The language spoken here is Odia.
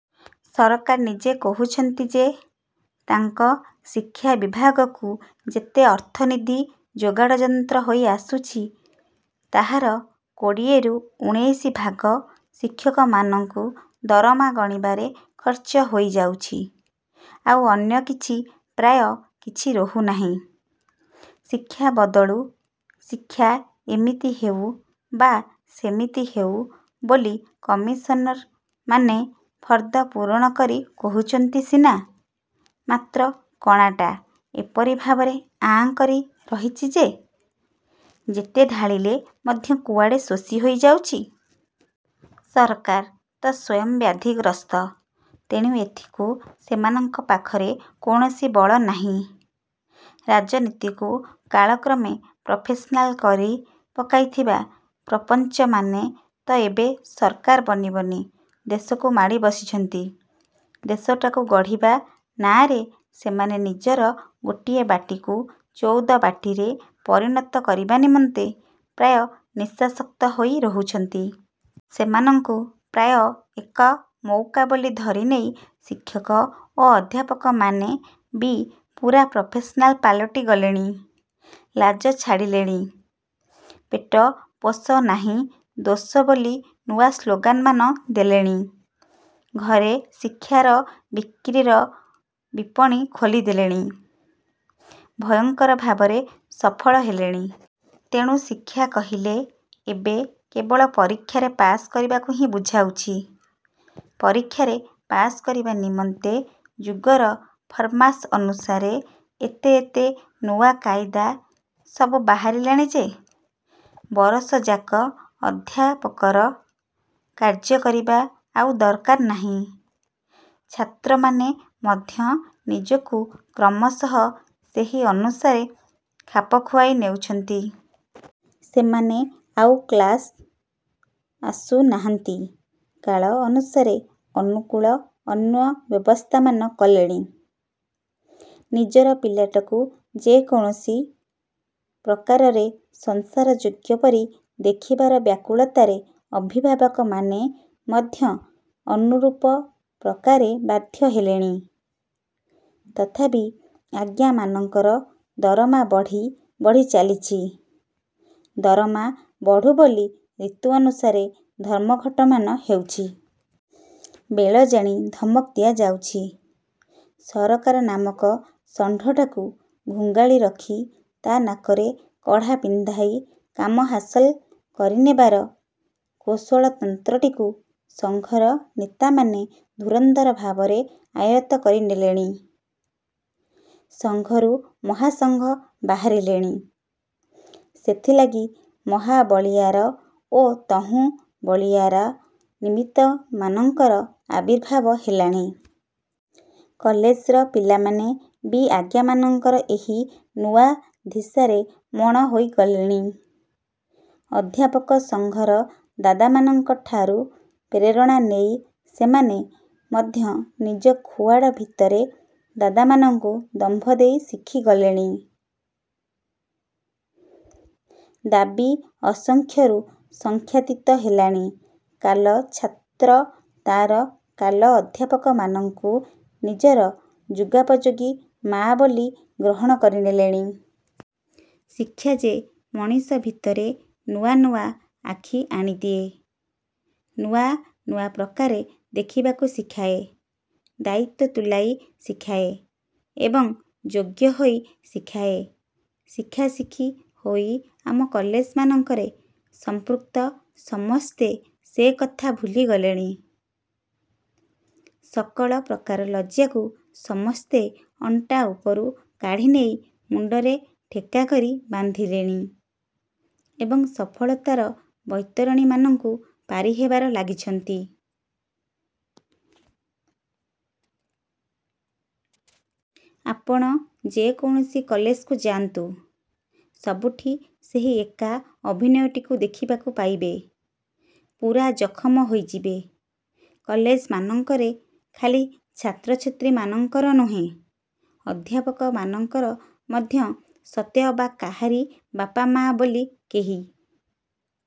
ସରକାର ନିଜେ କହୁଛନ୍ତି ଯେ, ତାଙ୍କ ଶିକ୍ଷାବିଭାଗକୁ ଯେତେ ଅର୍ଥନିଧି ଯୋଗାଡ଼ଯନ୍ତ୍ର ହୋଇ ଆସୁଛି, ତାହାର କୋଡ଼ିଏରୁ ଉଣେଇଶି ଭାଗ ଶିକ୍ଷକମାନଙ୍କୁ ଦରମା ଗଣିବାରେ ଖର୍ଚ୍ଚ ହୋଇ ଯାଉଛି। ଆଉ ଅନ୍ୟ କିଛି ପାଇଁ ପ୍ରାୟ କିଛି ରହୁନାହିଁ। ଶିକ୍ଷା ବଦଳୁ, ଶିକ୍ଷା ଏମିତି ହେଉ ବା ସେମିତି ହେଉ ବୋଲି କମିଶନମାନେ ଫର୍ଦ୍ଦ ପୂରଣ କରି କହୁଛନ୍ତି ସିନା, ମାତ୍ର କଣାଟା ଏପରି ଭାବରେ ଆଁ କରି ରହିଛି ଯେ, ଯେତେ ଢାଳିଲେ ମଧ୍ୟ କୁଆଡ଼େ ଶୋଷି ହୋଇଯାଉଛି। ସରକାର ତ ସ୍ୱୟଂ ବ୍ୟାଧିଗ୍ରସ୍ତ, ତେଣୁ ଏଥିକୁ ସେମାନଙ୍କ ପାଖରେ କୌଣସି ବଳ ନାହିଁ-। ରାଜନୀତିକୁ କାଳକ୍ରମେ ପ୍ରଫେସନାଲ୍ କରି ପକାଇଥିବା ପ୍ରପଞ୍ଚମାନେ ତ ଏବେ ସରକାର ବନି ଦେଶକୁ ମାଡ଼ି ବସିଛନ୍ତି। ଦେଶଟାକୁ ଗଢ଼ିବା ନାଆଁରେ ସେମାନେ ନିଜର ଗୋଟିଏ ବାଟିକୁ ଚଉଦ ବାଟିରେ ପରିଣତ କରିବା ନିମନ୍ତେ ପ୍ରାୟ ନିଶାସକ୍ତ ହୋଇ ରହିଛନ୍ତି। ସେମାନଙ୍କୁ ପ୍ରାୟ ଏକ ମଉକା ବୋଲି ଧରିନେଇ ଶିକ୍ଷକ ଓ ଅଧ୍ୟାପକମାନେ ବି ପୂରା ପ୍ରଫେସନାଲ୍ ପାଲଟି ଗଲେଣି-। ଲାଜ ଛାଡ଼ିଲେଣି। ପେଟ ପୋଷ ନାହିଁ ଦୋଷ ବୋଲି ନୂଆ ସ୍ଲୋଗାନମାନ ଦେଲେଣି। ଘରେ ଶିକ୍ଷା ବିକ୍ରିର ବିପଣି ଖୋଲିଦେଲେଣି। ଭୟଙ୍କର ଭାବରେ ସଫଳ ହେଲେଣି। ତେଣୁ ଶିକ୍ଷା କହିଲେ ଏବେ କେବଳ ପରୀକ୍ଷାରେ ପାସ୍ କରିବାକୁ ହିଁ ବୁଝାଉଛି। ପରୀକ୍ଷାରେ ପାସ୍ କରିବା ନିମନ୍ତେ ଯୁଗର ଫରମାସ୍ ଅନୁସାରେ ଏତେ ଏତେ ନୂଆ କାଇଦା ସବୁ ବାହାରିଲାଣି ଯେ, ବରଷଯାକ ଅଧ୍ୟାପକର କାର୍ଯ୍ୟ କରିବା ଆଉ ଦରକାର ହେଉନାହିଁ। ଛାତ୍ରମାନେ ମଧ୍ୟ ନିଜକୁ କ୍ରମଶଃ ସେହି ଅନୁସାରେ ଖାପ ଖୁଆଇ ନେଉଛନ୍ତି। ସେମାନେ ଆଉ କ୍ଲାସ୍କୁ ଆସୁନାହାନ୍ତି। କାଳ ଅନୁସାରେ ଅନୁକୂଳ ଅନ୍ୟ ବ୍ୟବସ୍ଥାମାନ କଲେଣି। ନିଜର ପିଲାଟିକୁ ଯେକୌଣସି। ପ୍ରକାରେ ସଂସାରଯୋଗ୍ୟ ପରି ଦେଖିବାର ବ୍ୟାକୁଳତାରେ ଅଭିଭାବକମାନେ ମଧ୍ୟ ଅନୁରୂପ ପ୍ରକାରେ ବାଧ୍ୟ ହେଲେଣି। ତଥାପି ଆଜ୍ଞାମାନଙ୍କର ଦରମା ବଢ଼ି ବଢ଼ି ଚାଲିଛି। ଦରମା ବଢୁ ବୋଲି ଋତୁ ଅନୁସାରେ ଧର୍ମଘଟମାନ ହେଉଛି। ବେଳ ଜାଣି ଧମକ ଦିଆଯାଉଛି। ସରକାର ନାମକ ଷଣ୍ଢଟାକୁ ଘୁଙ୍ଗାଳି ରଖି ତା ନାକରେ କଡ଼ା ପିନ୍ଧାଇ କାମ ହାସଲ କରିନେବାର କୌଶଳତନ୍ତ୍ରଟିକୁ ସଂଘର ନେତାମାନେ ଧୁରନ୍ଧର ଭାବରେ ଆୟତ୍ତ କରିନେଲେଣି। ସଂଘରୁ ମହାସଂଘ ବାହାରିଲେଣି। ସେଥିଲାଗି ମହାବଳୀୟାର ଓ ତହୁଁ ବଳୀୟାର ନିମିତ୍ତମାନଙ୍କର ଆବିର୍ଭାବ ହେଲାଣି। କଲେଜର ପିଲାମାନେ ବି ଆଜ୍ଞାମାନଙ୍କର ଏହି ନୂଆ ଧିସାରେ ମଣ ହୋଇଗଲେଣି। ଅଧ୍ୟାପକ ସଂଘର ଦାଦାମାନଙ୍କ ଠାରୁ ପ୍ରେରଣା ନେଇ ସେମାନେ ମଧ୍ୟ ନିଜ ଖୁଆଡ଼ ଭିତରେ ଦାଦାମାନଙ୍କୁ ଦମ୍ଭ ଦେଇ ଶିଖିଗଲେଣି। ଦାବି ଅସଂଖ୍ୟରୁ ସଂଖ୍ୟାତୀତ ହେଲାଣି। କାଲ ଛାତ୍ର ତାର କାଲ ଅଧ୍ୟାପକମାନଙ୍କୁ ନିଜର ଯୁଗୋପଯୋଗୀ ମାଆ ବୋଲି ଗ୍ରହଣ କରିନେଲାଣି। ଶିକ୍ଷା ଯେ ମଣିଷ ଭିତରେ ନୂଆ ନୂଆ ଆଖି ଆଣିଦିଏ, ନୂଆ ନୂଆ ପ୍ରକାରେ ଦେଖିବାକୁ ଶିଖାଏ, ଦାୟିତ୍ୱ ତୁଲାଇ ଶିଖାଏ ଏବଂ ଯୋଗ୍ୟ ହୋଇ ଶିଖାଏ, ଶିଖାଶିଖି ହୋଇ ଆମ କଲେଜମାନଙ୍କରେ ସମ୍ପୃକ୍ତ ସମସ୍ତେ ସେକଥା ଭୁଲିଗଲେଣି। ସକଳ ପ୍ରକାର ଲଜ୍ଜାକୁ ସମସ୍ତେ ଅଣ୍ଟା ଉପରୁ କାଢ଼ି ନେଇ ମୁଣ୍ଡରେ ଠେକା କରି ବାନ୍ଧିଲେଣି ଏବଂ ସଫଳତାର ବୈତରଣୀମାନଙ୍କୁ ପାରିହେବାରେ ଲାଗିଛନ୍ତି। ଆପଣ ଯେକୌଣସି କଲେଜକୁ ଯାଆନ୍ତୁ, ସବୁଠି ସେହି ଏକା ଅଭିନୟଟିକୁ ଦେଖିବାକୁ ପାଇବେ। ପୂରା ଜଖମ ହୋଇଯିବେ। କଲେଜମାନଙ୍କରେ ଖାଲି ଛାତ୍ରଛାତ୍ରୀମାନଙ୍କର ନୁହେଁ, ଅଧ୍ୟାପକମାନଙ୍କର ମଧ୍ୟ ସତେ ଅବା କାହାରି ବାପମାଆ ବୋଲି କେହି